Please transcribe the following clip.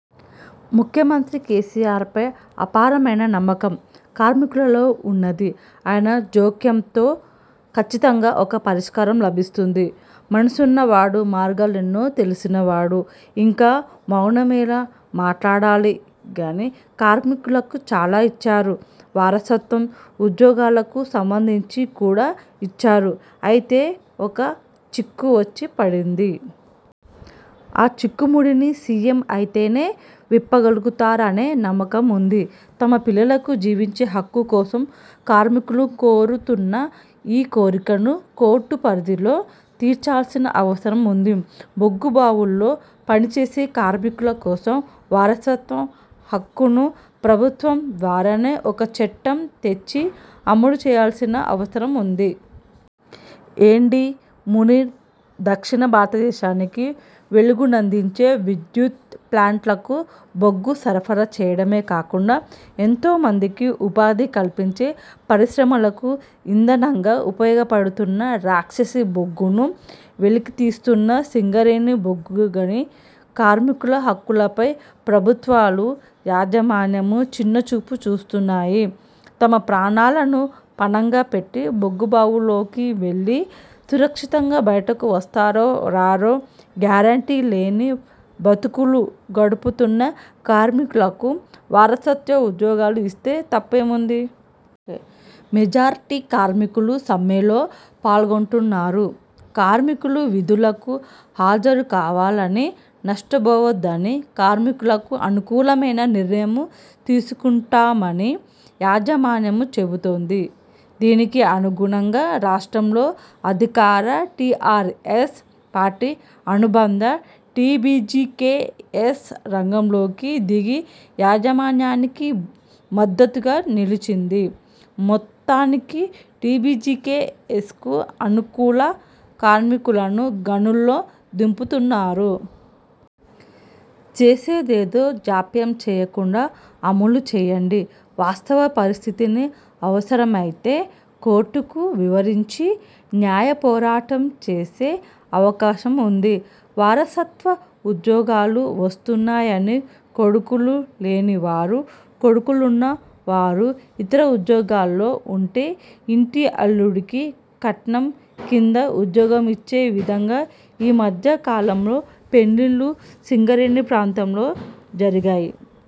ముఖ్యమంత్రి కేసీఆర్పై అపారమైన నమ్మకం కార్మికులలో ఉన్నది. ఆయన జోక్యంతో ఖచ్చితంగా ఒక పరిష్కారం లభిస్తుంది. మనసున్నవాడు మార్గాలెన్నో తెలిసిన వాడు, ఇంకా మౌనమేలా? మాట్లాడాలి. గని కార్మికులకు చాలా ఇచ్చారు. వారసత్వ ఉద్యోగాలకు సంబంధించి కూడా ఇచ్చారు. అయితే ఒక చిక్కు వచ్చి పడింది. ఆ చిక్కుముడిని సీఎం అయితేనే విప్పగలుగుతారనే నమ్మకం ఉంది. తమ పిల్లలకు జీవించే హక్కు కోసం కార్మికులు కోరుతున్న ఈ కోరికను కోర్టు పరిధిలో తీర్చాల్సిన అవసరం ఉంది. బొగ్గుబావుల్లో పనిచేసే కార్మికుల కోసం వారసత్వ హక్కును ప్రభుత్వం ద్వారానే ఒక చట్టం తెచ్చి అమలుచేయాల్సిన అవసరం ఉంది. ఎండీ. మునీర్ దక్షిణ భారతదేశానికి వెలుగునందించే విద్యుత్ ప్లాంట్లకు బొగ్గు సరఫరా చేయడమే కాకుండా, ఎంతో మందికి ఉపాధి కల్పించే పరిశ్రమలకు ఇంధనంగా ఉపయోగపడుతున్న రాక్షసి బొగ్గును వెలికితీస్తున్న సింగరేణి బొగ్గుగని కార్మికుల హక్కులపై ప్రభుత్వాలు, యాజమాన్యం చిన్నచూపు చూస్తున్నాయి. తమ ప్రాణాలను పణంగా పెట్టి బొగ్గుబావుల్లోకి వెళ్ళి సురక్షితంగా బయటకు వస్తారో రారో గ్యారంటీ లేని బతుకులు గడుపుతున్న కార్మికులకు వారసత్వ ఉద్యోగాలు ఇస్తే తప్పేముంది? మెజారిటీ కార్మికులు సమ్మెలో పాల్గొంటున్నారు. కార్మికులు విధులకు హాజరు కావాలని, నష్టపోవద్దని, కార్మికులకు అనుకూలమైన నిర్ణయం తీసుకుంటామని యాజ మాన్యం చెబుతోంది. దీనికి అనుగుణంగా రాష్ట్రంలో అధికార టీఆర్ఎస్ పార్టీ అనుబంధ టీబీజీకేఎస్ రంగంలోకి దిగి యాజమాన్యానికి మద్దతుగా నిలిచింది. మొత్తానికి టీబీజీకేఎస్కు అనుకూల కార్మికులను గనుల్లో దింపుతున్నారు. చేసేదేదో జాప్యం చేయకుండా అమలు చేయండి. వాస్తవ పరిస్థితిని అవసరమైతే కోర్టుకు వివరించి న్యాయపోరాటం చేసే అవకాశం ఉంది. వారసత్వ ఉద్యోగాలు వస్తున్నాయని కొడుకులు లేని వారు, కొడుకులున్నా వారు ఇతర ఉద్యోగాల్లో ఉంటే, ఇంటి అల్లుడికి కట్నం కింద ఉద్యోగమిచ్చే విధంగా ఈ మధ్యకాలంలో పెండ్లిళ్ళు సింగరేణి ప్రాంతంలో జరిగాయి.